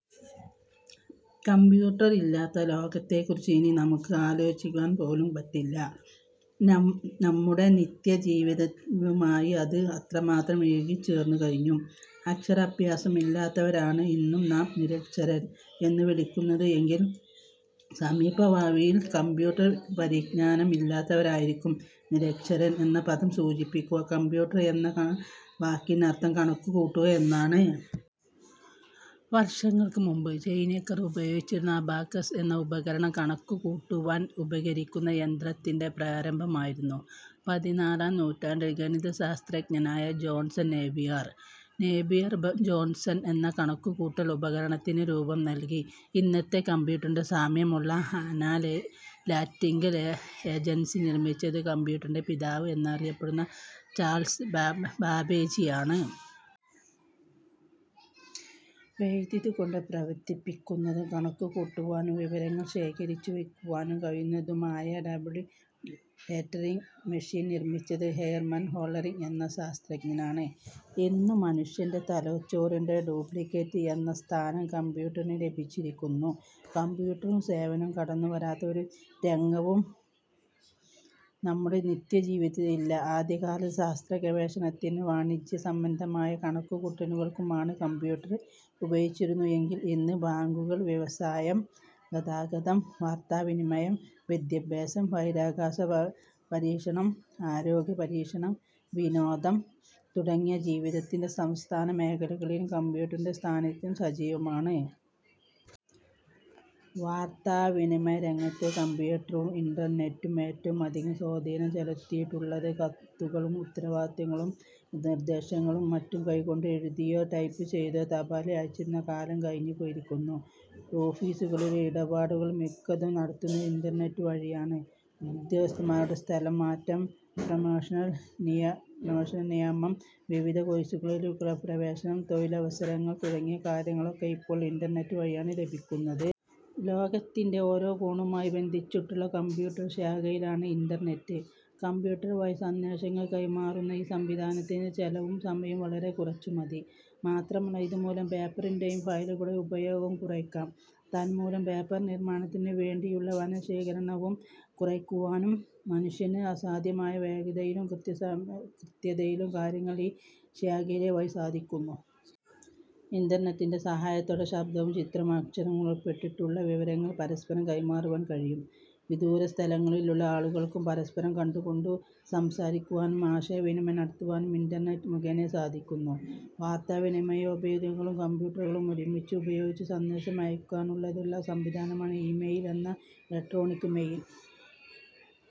Computer ഇല്ലാത്ത ലോകത്തെക്കുറിച്ച് ഇനി നമുക്ക് ആലോചിക്കുവാൻ പോലും പറ്റില്ല. നമ്മുടെ നിത്യജീവിതവുമായി അത് അത്രമാത്രം ഇഴു കിച്ചേർന്നുകഴിഞ്ഞു. അക്ഷരാഭ്യാസം ഇല്ലാത്തവരെയാണ് ഇന്നു നാം നിരക്ഷരർ എന്നുവിളിക്കുന്നതെങ്കിൽ സമീപഭാവിയിൽ കമ്പ്യൂട്ടർ പരിജ്ഞാനം ഇല്ലാത്തവരായിരിക്കും നിരക്ഷരർ എന്ന പദം സൂചിപ്പി ക്കുക. 'കമ്പ്യൂട്ട് എന്ന വാക്കിനർത്ഥം കണക്കുകൂട്ടുക എന്നാണ്. വർഷങ്ങൾക്കുമുമ്പ് ചൈനാക്കാർ ഉപയോഗിച്ചിരുന്ന "അബാക്കസ്' എന്ന ഉപകരണം കണക്കുകൂട്ടുവാൻ ഉപകരിക്കുന്ന യന്ത്രത്തിന്റെ പ്രാരംഭമായിരുന്നു. പതിനാറാം നൂറ്റാണ്ടിൽ ഗണിതശാസ്ത്രജ്ഞനായ ജോൺ നേപ്പിയർ, നേപ്പിയർ ബോൺസ് എന്ന കണക്കുകൂട്ടൽ ഉപക രണത്തിന് രൂപം നൽകി. ഇന്നത്തെ കമ്പ്യൂട്ടറിന്റെ സാമ്യമുള്ള അന ലറ്റിക്കൽ എൻജിൻ നിർമ്മിച്ചത് കമ്പ്യൂട്ടറിന്റെ പിതാവ് എന്നറിയപ്പെടുന്ന ചാൾസ് ബാബേജ് ആണ്. വൈദ്യുതികൊണ്ട് പ്രവർത്തിപ്പിക്കുന്നതും കണക്കുകൂട്ടുവാനും വിവരങ്ങൾ ശേഖരിച്ചുവയ്ക്കുവാനും കഴിയുന്നതു മായ ടാബുലേറ്റിങ് മെഷീൻ നിർമ്മിച്ചത് ഹെർമൻ ഹോളറിങ് എന്ന ശാസ്ത്രജ്ഞനാണ്. ഇന്നു മനുഷ്യന്റെ തലച്ചോറിന്റെ ഡ്യൂപ്ലിക്കേറ്റ് എന്ന സ്ഥാനം കമ്പ ട്ടറിനു ലഭിച്ചിരിക്കുന്നു. കമ്പ്യൂട്ടറും സേവനവും കടന്നുവരാത്ത ഒരു രംഗവും നമ്മുടെ നിത്യജീവിതത്തിൽ ഇല്ല. ആദ്യകാലത്ത് ശാസ്ത്ര ഗവേഷണത്തിനും വാണിജ്യസംബന്ധമായ കണക്കുകൂട്ടലുകൾക്കുമാണ് കമ്പ്യൂട്ടർ ഉപയോഗിച്ചിരുന്നതെങ്കിൽ ഇന്ന് ബാങ്കുകൾ, വ്യവസായം, ഗതാഗതം, വാർത്താവിനിമയം, വിദ്യാഭ്യാസം, ബഹിരാകാശ പര്യവേക്ഷ ണം, ആരോഗ്യപരിപാലനം, വിനോദം തുടങ്ങി ജീവിതത്തിന്റെ സമസ്ത മേഖല കളിലും കമ്പ്യൂട്ടറിന്റെ സാന്നിധ്യം സജീവമാണ്. വാർത്താവിനിമയരംഗത്താണ് കമ്പ്യൂട്ടറും ഇന്റർനെറ്റും ഏറ്റവും അധികം സ്വാധീനം ചെലുത്തിയിട്ടുള്ളത്. കത്തുകളും ഉത്തരവുകളും നിർദ്ദേശങ്ങളും മറ്റും കൈകൊണ്ട് എഴുതിയോ ടൈപ്പ് ചെയ്താ തപാലിൽ അയച്ചിരുന്ന കാലം കഴിഞ്ഞുപോയിരിക്കുന്നു. ഓഫീസു കളിലെ ഇടപാടുകൾ മിക്കതും നടക്കുന്നത് ഇന്റർനെറ്റ് വഴിയാണ്. ഉദ്യോഗസ്ഥന്മാരുടെ സ്ഥലംമാറ്റം, പ്രൊമോഷൻ, നിയമനം, വിവിധ കോഴ്സുകളിലേക്കുള്ള പ്രവേശനം, തൊഴിലവസരങ്ങൾ തുടങ്ങിയ കാര്യങ്ങളൊക്കെ ഇപ്പോൾ ഇന്റർനെറ്റ് വഴിയാണ് ലഭിക്കുന്നത്. ലോകത്തിന്റെ ഓരോ കോണുമായി ബന്ധിച്ചിട്ടുള്ള കമ്പ്യൂട്ടർ ശൃംഖ ലയാണ് ഇന്റർനെറ്റ്. കമ്പ്യൂട്ടർ വഴി സന്ദേശങ്ങൾ കൈമാറുന്ന ഈ സംവിധാനത്തിന് ചെലവും സമയവും വളരെ കുറച്ചുമതി. മാത്രമല്ല, ഇതുമൂലം പേപ്പറിന്റെയും ഫയലുകളുടെയും ഉപയോഗവും കുറ യ്ക്കാം. തന്മൂലം പേപ്പർനിർമ്മാണത്തിനുവേണ്ടിയുള്ള വനനശീകര ണവും കുറയ്ക്കുവാനാകും. മനുഷ്യന് അസാധ്യമായ വേഗതയിലും കൃത്യതയിലും കാര്യങ്ങൾ ഈ ശൃംഖല വഴി സാധിക്കുന്നു. ഇന്റർനെറ്റിന്റെ സഹായത്തോടെ ശബ്ദവും ചിത്രവും അക്ഷരങ്ങളും ഉൾപ്പെടെയുള്ള വിവരങ്ങൾ പരസ്പരം കൈമാറുവാൻ കഴിയും. വിദൂരസ്ഥലങ്ങളിലുള്ള ആളുകൾക്കു പരസ്പരം കണ്ടുകൊണ്ടു സംസാ രിക്കുവാനും ആശയ വിനിമയം നടത്തുവാനും ഇന്റർനെറ്റ് മുഖേന സാധിക്കുന്നു. വാർത്താവിനിമയോപാധികളും കമ്പ്യൂട്ടറുകളും ഒരുമിച്ചു പയോഗിച്ച് സന്ദേശം അയ യ്ക്കുന്നതിനുളള സംവിധാനമാണ് ഇമെയിൽ എന്ന ഇലക്ട്രോണിക് മെയിൽ.